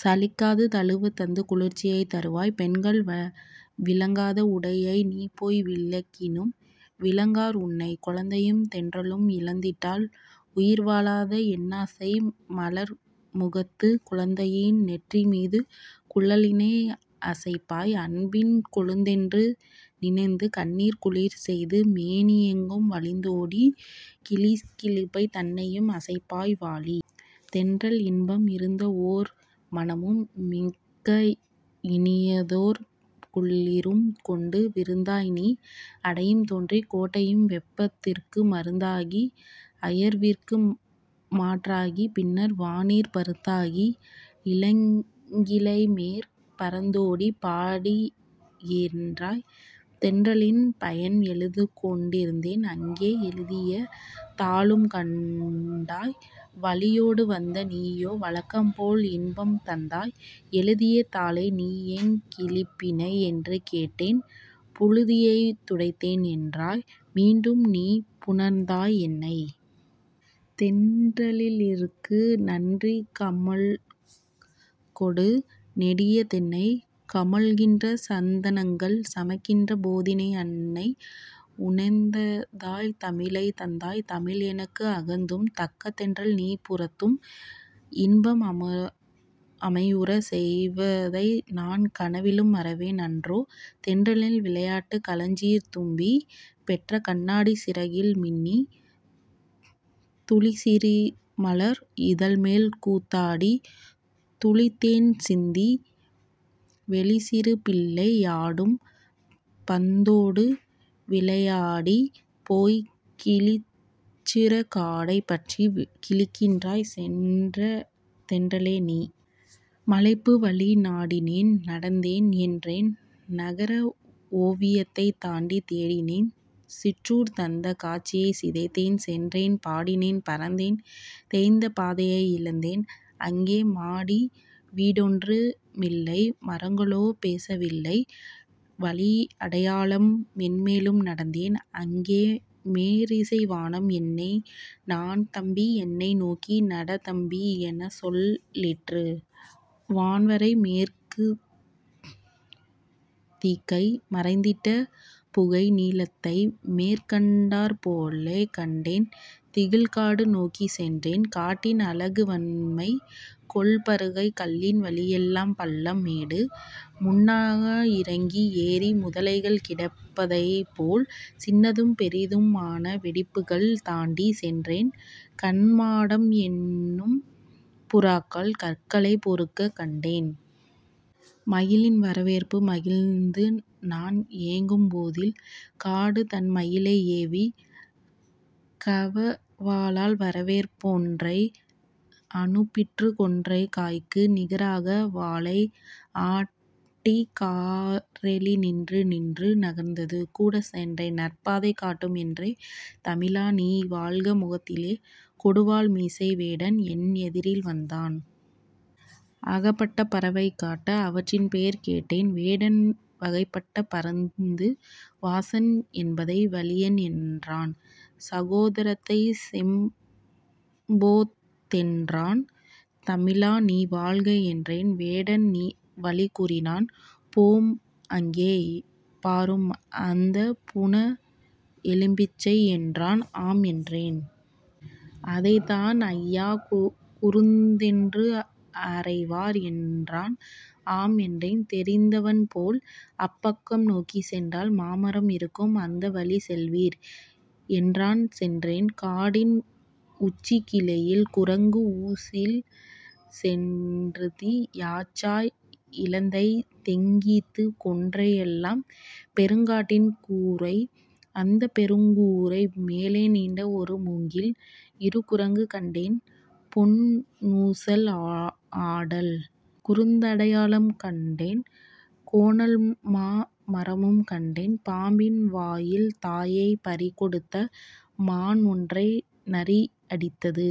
சலிக்காது தழுவத் தந்து குளிர்ச்சியைத் தருவாய்! பெண்கள் விலகங்காத உடையை நீபோய் விலக்கினும், விலங்கார் உன்னை! குழந்தையும் தென்றலும் இழந்திட்டால் உயிர்வா ழாத என்னாசை மலர்மு கத்துக் குழந்தையின் நெற்றி மீது குழலினை அசைப்பாய்; அன்பின் கொழுந்தென்று நினத்துக், கண்ணிற் குளிர்செய்து, மேனி யெங்கும் வழிந்தோடிக் கிலு கிலுப்பை தன்னையு ம் அசைப்பாய் வாழி. தென்றல் இன்பம் இருந்தஓர் மனமும், மிக்க இனியதோர் குளிரும் கொண்டு விருந்தாய்நீ அடையுந் தோறும் கோடையின் வெப்பத் திற்கு மருந்தாகி அயர்வி னுக்கு மாற்றாகிப் பின்னர் வானிற் பருந்தாகி இளங்கி ளைமேற் பறந்தோடிப் பாடு கின்றாய்! தென்றலின் பயன் எழுதிக்கொண் டிருந்தேன்; அங்கே எழுதிய தாளும் கண்டாய்; வழியோடு வந்த நீயோ வழக்கம்போல் இன்பம் தந்தாய்; "எழுதிய தாளை நீ ஏன் கிளப்பினை" என்று கேட்டேன், "புழுதியைத் துடைத்தேன்" என்றாய்; மீண்டும்நீ புணர்ந்தாய் என்னை! தென்றலிற்கு நன்றி கமுகொடு, நெடிய தென்னை, கமழ்கின்ற சந்த னங்கள், சமைகின்ற பொதிகை அன்னை, உனைத்தந்தாள் தமிழைத் தந்தாள் தமிழ் எனக்கு அகத்தும், தக்க தென்றல்நீ புறத்தும், இன்பம் அமைவுறச் செய்வ தைநான் கனவிலும் மறவேன் அன்றோ? தென்றலின் விளையாட்டு களச்சிறு தும்பி பெற்ற கண்ணாடிச் சிறகில் மின்னித், துளிச்சிறு மலர் இதழ்மேல் கூத்தாடித் துளிதேன் சிந்தி, வெளிச்சிறு பிள்ளை யாடும் பந்தோடு விளயா டிப், போய்க் கிளிச்சிற காடை பற்றிக் கிழிக்கின்றாய் தென்ற லேநீ! மலைப்பு வழி நாடினேன்; நடந்தேன்; என்றன் நகரஓ வியத்தைத் தாண்டித் தேடினேன்; சிற்றுர் தந்த காட்சியைச் சிதைத்தேன்; சென்றேன்; பாடினேன்; பறந்தேன்; தேய்ந்த பாதையை இழந்தேன். அங்கே மாடிவீ டொன்று மில்லை மரங்களோ பேசவில்ல! வழியடையாளம் மேன் மேலும் நடந்தேன்; அங்கே 'மேற்றிசை வானம்' என்னை "நான் தம்பி என்னை நோக்கி நட தம்பி" எனச்சொல் லிற்று! வான்வரை மேற்குத் திக்கை மறைத்திட்ட புகைநீ லத்தைத் தேன்கண்டாற் போலே கண்டேன், திகழ் காடு நோக்கிச் சென்றேன். காட்டின் அழகு வன்மை கொள் பருக்கைக் கல்லின் வழியெல்லாம் பள்ளம், மேடு! முன்னாக இறங்கி ஏறி முதலைகள் கிடப்ப தைப்போல் சின்னதும் பெரிது மான வெடிப்புக்கள் தாண்டிச் சென்றேன்; "கன்மாடம்" எனும்பு றாக்கள் கற்களைப் பொறுக்கக் கண்டேன். மயிலின் வரவேற்பு மகிழ்ந்துநான் ஏகும் போதில் காடுதன் மயிலை ஏவி அகவலால் வரவேற் பொன்றை அனுப்பிற்று கொன்றைக் காய்க்கு நிகரான வாலை ஆட்டிக் காரெலி நின்று நின்று நகர்ந்தது. கூடச் சென்றேன் நற்பாதை காட்டும் என்றே. தமிழா நீ வாழ்க முகத்திலே கொடுவாள் மீசை வேடன், என் எதிரில் வந்தான். அகப்பட்ட பறவை காட்ட, அவற்றின்பேர் கேட்டேன்! வேடன் வகைபட்ட பரத்து வாசன் என்பதை வலியன் என்றான்; சகோ தரத்தைச் செம்போத் தென்றான்! தமிழா நீ வாழ்க என்றேன். வேடன் வழி கூறினான் "போம் அங்கே! பாரும் அந்தப் புன எலு மிச்சை" என்றான். " ஆம்" என்றேன்". "அதைத்தான் ஐயா குருந்தென்றும் அறைவார்" என்றான் "ஆம்" என்றேன் தெரிந்த வன்போல்! "அப்பக்கம் நோக்கிச் சென்றால் மாமரம் இருக்கும் அந்த வழிச்செல்வீர்" என்றான் சென்றேன். காட்டின் உச்சிக்கிளையில் குரங்கு ஊசல் செருந்தி, யாச்சா, இலந்தை, தேக்கீந்து கொன்றை யெல்லாம் பெருங்காட்டின் கூரை! அந்தப் பெருங்கூரை மேலே நீண்ட ஒரு முங்கில்; இரு குரங்கு கண்டேன் பொன் னுசல் ஆடல்! குருந்தடையாளம் கண்டேன் கோணல்மா மரமும் கண்டேன்! பாம்பின் வாயில் தாயைப் பறிகொடுத்த மான்கன்றை நரியடித்தது